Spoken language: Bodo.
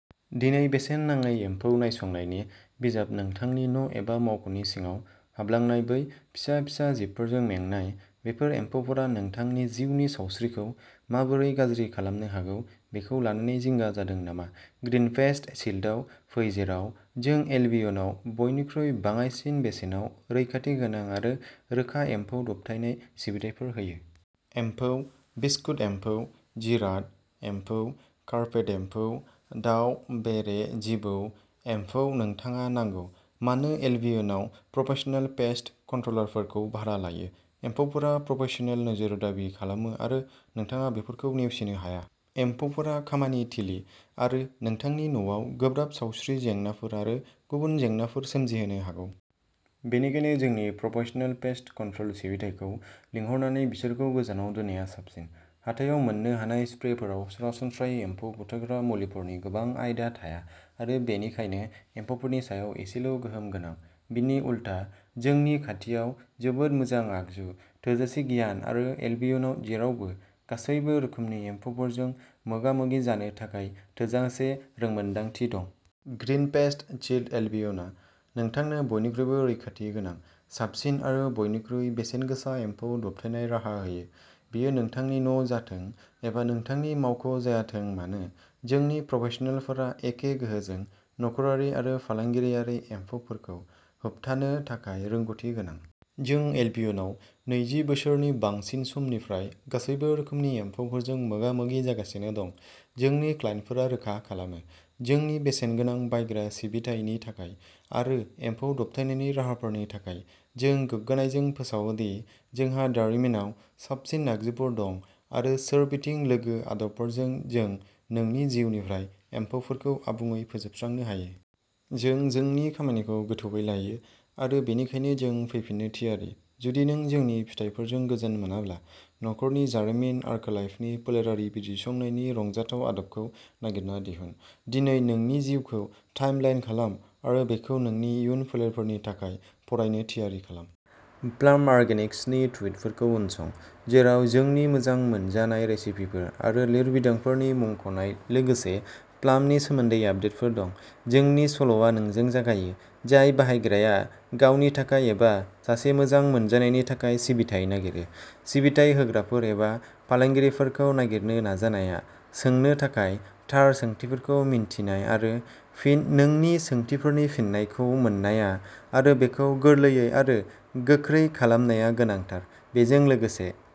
दिनै बेसेन नाङै एम्फौ नायसंनायनि बिजाब नोंथांनि न' एबा मावख'नि सिङाव हाबलांनाय बै फिसा फिसा जिबफोरजों मेंनाय, बेफोर एम्फौफोरा नोंथांनि जिउनि सावस्रिखौ माबोरै गाज्रि खालामनो हागौ बेखौ लानानै जिंगा जादों नामा? ग्रीन पेस्ट शील्डआव फै जेराव जों एल्बियनआव बयनिख्रुइ बाङाइसिन बेसेनाव रैखाथि गोनां आरो रोखा एम्फौ दबथायनाय सिबिथाइफोर होयो। एमफौ, बिस्कुट एम्फौ, जिराद, एम्फौ, कार्पेट एम्फौ, दाउ, बेरे, जिबौ, एम्फौ नोंथाङा नांगौ। मानो एल्बियनाव प्रफेशनेल पेस्ट कन्ट्र'लारफोरखौ भारा लायो? एम्फौफोरा प्रफेशनेल नोजोर दाबि खालामो आरो नोंथाङा बेफोरखौ नेवसिनो हाया। एम्फौफोरा खामानि थिलि आरो नोंथांनि न'आव गोब्राब सावस्रि जेंनाफोर आरो गुबुन जेंनाफोर सोमजिहोनो हागौ। बेनिखायनो जोंनि प्रफेशनेल पेस्ट कन्ट्र'ल सिबिथाइखौ लिंहरनानै बिसोरखौ गोजानाव दोननाया साबसिन। हाथायाव मोन्नो हानाय स्प्रेफोराव सरासनस्रायै एम्फौ बुथारग्रा मुलिफोरनि गोबां आयदा थाया आरो बेनिखायनो एम्फौफोरनि सायाव एसेल' गोहोम गोनां। बिनि उलथा, जोंनि खाथियाव जोबोद मोजां आगजु, थोजासे गियान आरो एल्बियनाव जेरावबो गासैबो रोखोमनि एम्फौफोरजों मोगा-मोगि जानो थाखाय थोजासे रोंमोन्दांथि दं। ग्रीन पेस्ट शील्ड एल्बियना नोंथांनो बयनिख्रुइबो रैखाथि गोनां, साबसिन आरो बयनिख्रुइ बेसेनगोसा एम्फौ दबथायनाय राहा होयो। बेयो नोंथांनि न' जाथों एबा नोंथांनि मावख' जायाथों मानो, जोंनि प्रफेशनेलफोरा एखे गोहोजों नखरारि आरो फालांगियारि एम्फौफोरखौ होबथानो थाखाय रोंग'थि गोनां। जों एल्बियनाव नैजि बोसोरनि बांसिन समनिफ्राय गासैबो रोखोमनि एम्फौफोरजों मोगा-मोगि जागासिनो दं। जोंनि क्लाइन्टफोरा रोखा खालामो। जोंनि बेसेनगोनां बायग्रा सिबिथायनि थाखाय आरो एम्फौ दबथायनाय राहाफोरनि थाखाय। जों गोग्गानायजों फोसावो दि जोंहा दारिमिनाव साबसिन आगजुफोर दं आरो सोरबिथिं लोगो आदबफोरजों जों नोंनि जिउनिफ्राय एम्फौफोरखौ आबुङै फोजोबस्रांनो हायो। जों जोंनि खामानिखौ गोथौवै लायो आरो बेनिखायनो जों फैफिननो थियारि, जुदि नों जोंनि फिथायफोरजों गोजोन मोनाब्ला। नखरनि जारिमिन आर्कालाइफनि फोलेरारि बिजिरसंनायनि रंजाथाव आदबखौ नागिरना दिहुन। दिनै नोंनि जिउखौ टाइमलाइन खालाम आरो बेखौ नोंनि इयुन फोलेरफोरनि थाखाय फरायनो थियारि खालाम। प्लाम अर्गेनिक्सनि टुइटफोरखौ उनसं, जेराव जोंनि मोजां मोनजानाय रेसिपिफोर आरो लिरबिदांफोरनि मुंख'नाय लोगोसे प्लामनि सोमोन्दै आपडेटफोर दं। जोंनि सल'आ नोंजों जागायो, जाय बाहायग्राया गावनि थाखाय एबा सासे मोजां मोनजानायनि थाखाय सिबिथाइ नागिरो। सिबिथाइ होग्राफोर एबा फालांगिफोरखौ नागिरनो नाजानाया, सोंनो थाखाय थार सोंथिफोरखौ मिन्थिनाय आरो फिन नोंनि सोंथिफोरनि फिननायखौ मोननाया आरो बेखौ गोरलैयै आरो गोख्रै खालामनाया गोनांथार। बेजों लोगोसे